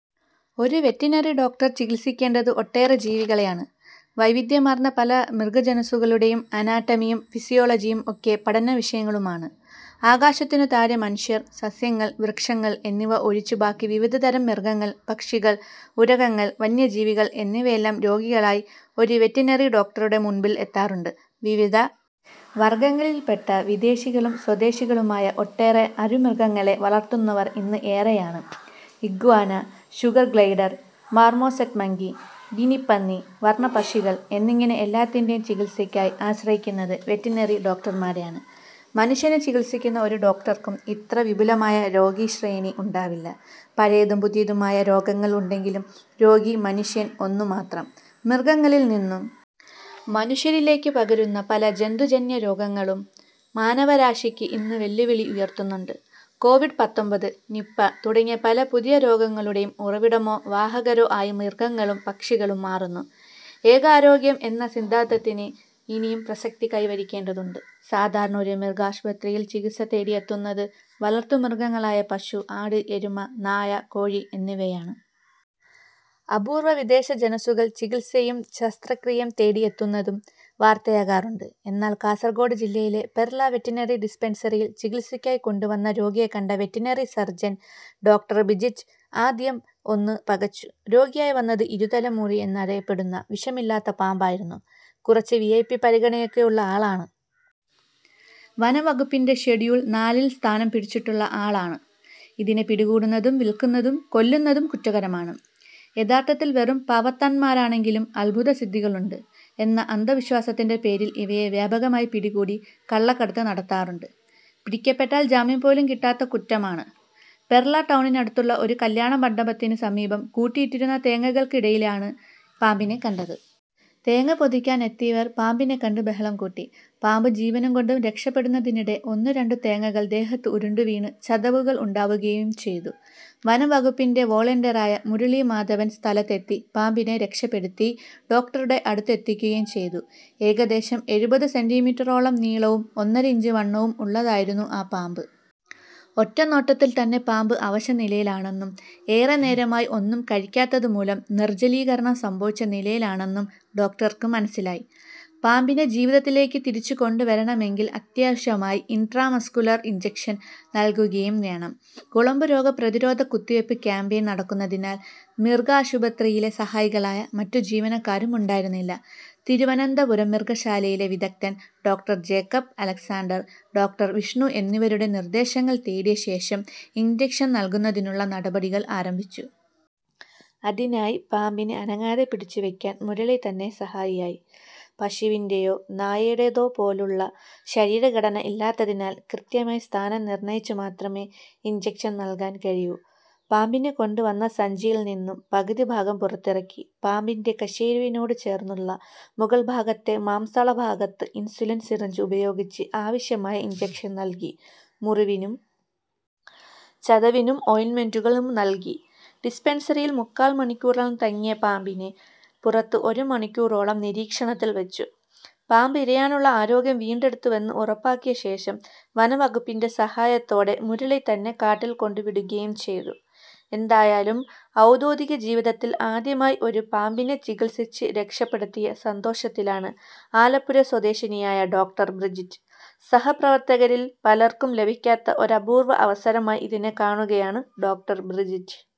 ഒരു veterinary doctor ചികിത്സിക്കേണ്ടത് ഒട്ടേറെ ജീവികളെയാണ്. വൈവിധ്യമാർന്ന പല മൃഗജനുസുകളുടേയും അനാട്ടമിയും ഫിസിയോളജിയും ഒക്കെ പാഠ്യവിഷയങ്ങളുമാണ്. ആകാശത്തിനു താഴെ മനുഷ്യർ, സസ്യങ്ങൾ, വൃക്ഷങ്ങൾ എന്നിവ ഒഴിച്ച് ബാക്കി വിവിധതരം മൃഗങ്ങൾ, പക്ഷികൾ, ഉരഗങ്ങൾ, വന്യജീവികൾ എന്നിവയെല്ലാം രോഗികളായി ഒരു വെറ്ററിനറി ഡോക്ടറുടെ മുൻപിൽ എത്താറുണ്ട്. വിവിധ വർഗങ്ങളിൽപ്പെട്ട വിദേശികളും സ്വദേശികളുമായ ഒട്ടേറെ അരുമമൃഗങ്ങളെ വളർത്തുന്നവർ ഇന്ന് ഏറെയാണ്. Iguana, sugar glider, marmoset monkey, ഗിനിപ്പന്നി, വർണ്ണപ്പക്ഷികൾ എന്നിങ്ങനെ എല്ലാത്തിന്റേയും ചികിത്സയ്ക്കായി ആശ്രയിക്കുന്നത് വെറ്ററിനറി ഡോക്ടർമാരെയാണ്. മനുഷ്യനെ ചികിത്സിക്കുന്ന ഒരു ഡോക്ടർക്കും ഇത്ര വിപുലമായ രോഗീശ്രേണി ഉണ്ടാവില്ല. പഴയതും പുതിയതുമായ രോഗങ്ങൾ ഉണ്ടെങ്കിലും രോഗി മനുഷ്യൻ ഒന്നു മാത്രം. മൃഗങ്ങളിൽനിന്നും മനുഷ്യരിലേക്ക് പകരുന്ന പല ജന്തുജന്യ രോഗങ്ങളും മാനവരാശിക്ക് ഇന്ന് വെല്ലുവിളി ഉയർത്തുന്നുണ്ട്. കോവിഡ് പത്തൊമ്പത്, നിപ തുടങ്ങി പല പുതിയ രോഗങ്ങളുടേയും ഉറവിടമോ വാഹകരോ ആയി മൃഗങ്ങളും പക്ഷികളും മാറുന്നു. ഏകാരോഗ്യം എന്ന സിദ്ധാന്തത്തിന് ഇനിയും പ്രസക്തി കൈവരിക്കേണ്ടതുണ്ട്. സാധാരണ ഒരു മൃഗാശുപത്രിയിൽ ചികിത്സ തേടി എത്തുന്നത് വളർത്തുമൃഗങ്ങളായ പശു, ആട്, എരുമ, നായ, കോഴി എന്നിവയാണ്. അപൂർവ വിദേശ ജനുസുകൾ ചികിത്സയും ശസ്ത്രക്രിയയും തേടി എത്തുന്നതും വാർത്തയാകാറുണ്ട്. എന്നാൽ കാസർകോട് ജില്ലയിലെ പെർള വെറ്ററിനറി ഡിസ്പൻസറിയിൽ ചികിത്സയ്ക്കായി കൊണ്ടുവന്ന രോഗിയെ കണ്ട വെറ്ററിനറി സർജൻ ഡോക്ടർ ബ്രിജിറ്റ് ആദ്യം ഒന്ന് പകച്ചു. രോഗിയായി വന്നത് ഇരുതല മൂരി എന്നറിയപ്പെടുന്ന വിഷമില്ലാത്ത പാമ്പായിരുന്നു. കുറച്ച് വി ഐ പി പരിഗണനയൊക്കെയുള്ള ആളാണ്. വനം വകുപ്പിൻ്റെ ഷെഡ്യൂൾ നാലിൽ സ്ഥലം പിടിച്ചിട്ടുള്ള ആളാണ്. ഇതിനെ പിടികൂടുന്നതും വിൽക്കുന്നതും കൊല്ലുന്നതും കുറ്റകരമാണ്. യഥാർഥത്തിൽ വെറും പാവത്താന്മാരാണെങ്കിലും അത്ഭുതസിദ്ധികൾ ഉണ്ട് എന്ന അന്ധവിശ്വാസത്തിൻ്റെ പേരിൽ ഇവയെ വ്യാപകമായി പിടികൂടി കള്ളക്കടത്ത് നടത്താറുണ്ട്. പിടിക്കപ്പെട്ടാൽ ജാമ്യം പോലും കിട്ടാത്ത കുറ്റമാണ്. പെർള ടൗണിനടുത്തുള്ള ഒരു കല്യാണമണ്ഡപത്തിന് സമീപം കൂട്ടിയിട്ടിരുന്ന തേങ്ങകൾക്കിടയിലാണ് പാമ്പിനെ കണ്ടത്. തേങ്ങ പൊതിക്കാൻ എത്തിയവർ പാമ്പിനെ കണ്ട് ബഹളം കൂട്ടി. പാമ്പ് ജീവനുംകൊണ്ട് രക്ഷപ്പെടുന്നതിനിടെ ഒന്നുരണ്ട് തേങ്ങകൾ ദേഹത്ത് ഉരുണ്ടുവീണ് ചതവുകൾ ഉണ്ടാവുകയും ചെയ്തു.വനം വകുപ്പിൻ്റെ വോളണ്ടിയറായ മുരളി മാധവൻ സ്ഥലത്തെത്തി പാമ്പിനെ രക്ഷപ്പെടുത്തി ഡോക്ടറുടെ അടുത്തെത്തിക്കുകയും ചെയ്തു. ഏകദേശം എഴുപത് സെന്റിമീറ്ററോളം നീളവും ഒന്നര ഇഞ്ച് വണ്ണവും ഉള്ളതായിരുന്നു ആ പാമ്പ്. ഒറ്റനോട്ടത്തിൽ തന്നെ പാമ്പ് അവശനിലയിലാണെന്നും ഏറെ നേരമായി ഒന്നും കഴിക്കാത്തത് മൂലം നിർജലീകരണം സംഭവിച്ച നിലയിലാണെന്നും ഡോക്ടർക്ക് മനസ്സിലായി. പാമ്പിനെ ജീവിതത്തിലേക്ക് തിരിച്ചുകൊണ്ടുവരണമെങ്കിൽ അത്യാവശ്യമായി ഇൻട്രാമസ്കുലർ ഇൻജക്ഷൻ നൽകുകയും വേണം. കുളമ്പുരോഗ പ്രതിരോധ കുത്തിവയ്പ് ക്യാമ്പയിൻ നടക്കുന്നതിനാൽ മൃഗാശുപത്രിയിലെ സഹായികളായ മറ്റു ജീവനക്കാരും ഉണ്ടായിരുന്നില്ല. തിരുവനന്തപുരം മൃഗശാലയിലെ വിദഗ്ധൻ ഡോക്ടർ ജേക്കബ് അലക്സാണ്ടർ, ഡോക്ടർ വിഷ്ണു എന്നിവരുടെ നിർദ്ദേശങ്ങൾ തേടിയ ശേഷം ഇൻജക്ഷൻ നൽകുന്നതിനുള്ള നടപടികൾ ആരംഭിച്ചു. അതിനായി പാമ്പിനെ അനങ്ങാതെ പിടിച്ചുവയ്ക്കാൻ മുരളി തന്നെ സഹായിയായി. പശുവിൻ്റെയോ നായയുടേതോ പോലുള്ള ശരീരഘടന ഇല്ലാത്തതിനാൽ കൃത്യമായി സ്ഥാനം നിർണയിച്ചു മാത്രമേ ഇൻജക്ഷൻ നൽകാൻ കഴിയൂ. പാമ്പിനെ കൊണ്ടുവന്ന സഞ്ചിയിൽനിന്നും പകുതി ഭാഗം പുറത്തിറക്കി പാമ്പിൻ്റെ കശേരുവിനോട് ചേർന്നുള്ള മുകൾഭാഗത്തെ മാംസളഭാഗത്ത് ഇൻസുലിൻ സിറിഞ്ച് ഉപയോഗിച്ച് ആവശ്യമായ ഇൻജക്ഷൻ നൽകി. മുറിവിനും ചതവിനും ഓയിന്റ്‌മെന്റുകളും നൽകി. ഡിസ്പൻസറിയിൽ മുക്കാൽ മണിക്കൂറോളം തങ്ങിയ പാമ്പിനെ പുറത്ത് ഒരു മണിക്കൂറോളം നിരീക്ഷണത്തിൽ വെച്ചു. പാമ്പ് ഇഴയാനുള്ള ആരോഗ്യം വീണ്ടെടുത്തുവെന്ന് ഉറപ്പാക്കിയ ശേഷം വനം വകുപ്പിൻ്റെ സഹായത്തോടെ മുരളി തന്നെ കാട്ടിൽ കൊണ്ടുവിടുകയും ചെയ്തു. എന്തായാലും ഔദ്യോഗിക ജീവിതത്തിൽ ആദ്യമായി ഒരു പാമ്പിനെ ചികിത്സിച്ച് രക്ഷപ്പെടുത്തിയ സന്തോഷത്തിലാണ് ആലപ്പുഴ സ്വദേശിനിയായ ഡോക്ടർ ബ്രിജിറ്റ്. സഹപ്രവർത്തകരിൽ പലർക്കും ലഭിക്കാത്ത ഒരപൂർവ അവസരമായി ഇതിനെ കാണുകയാണ് ഡോക്ടർ ബ്രിജിറ്റ്.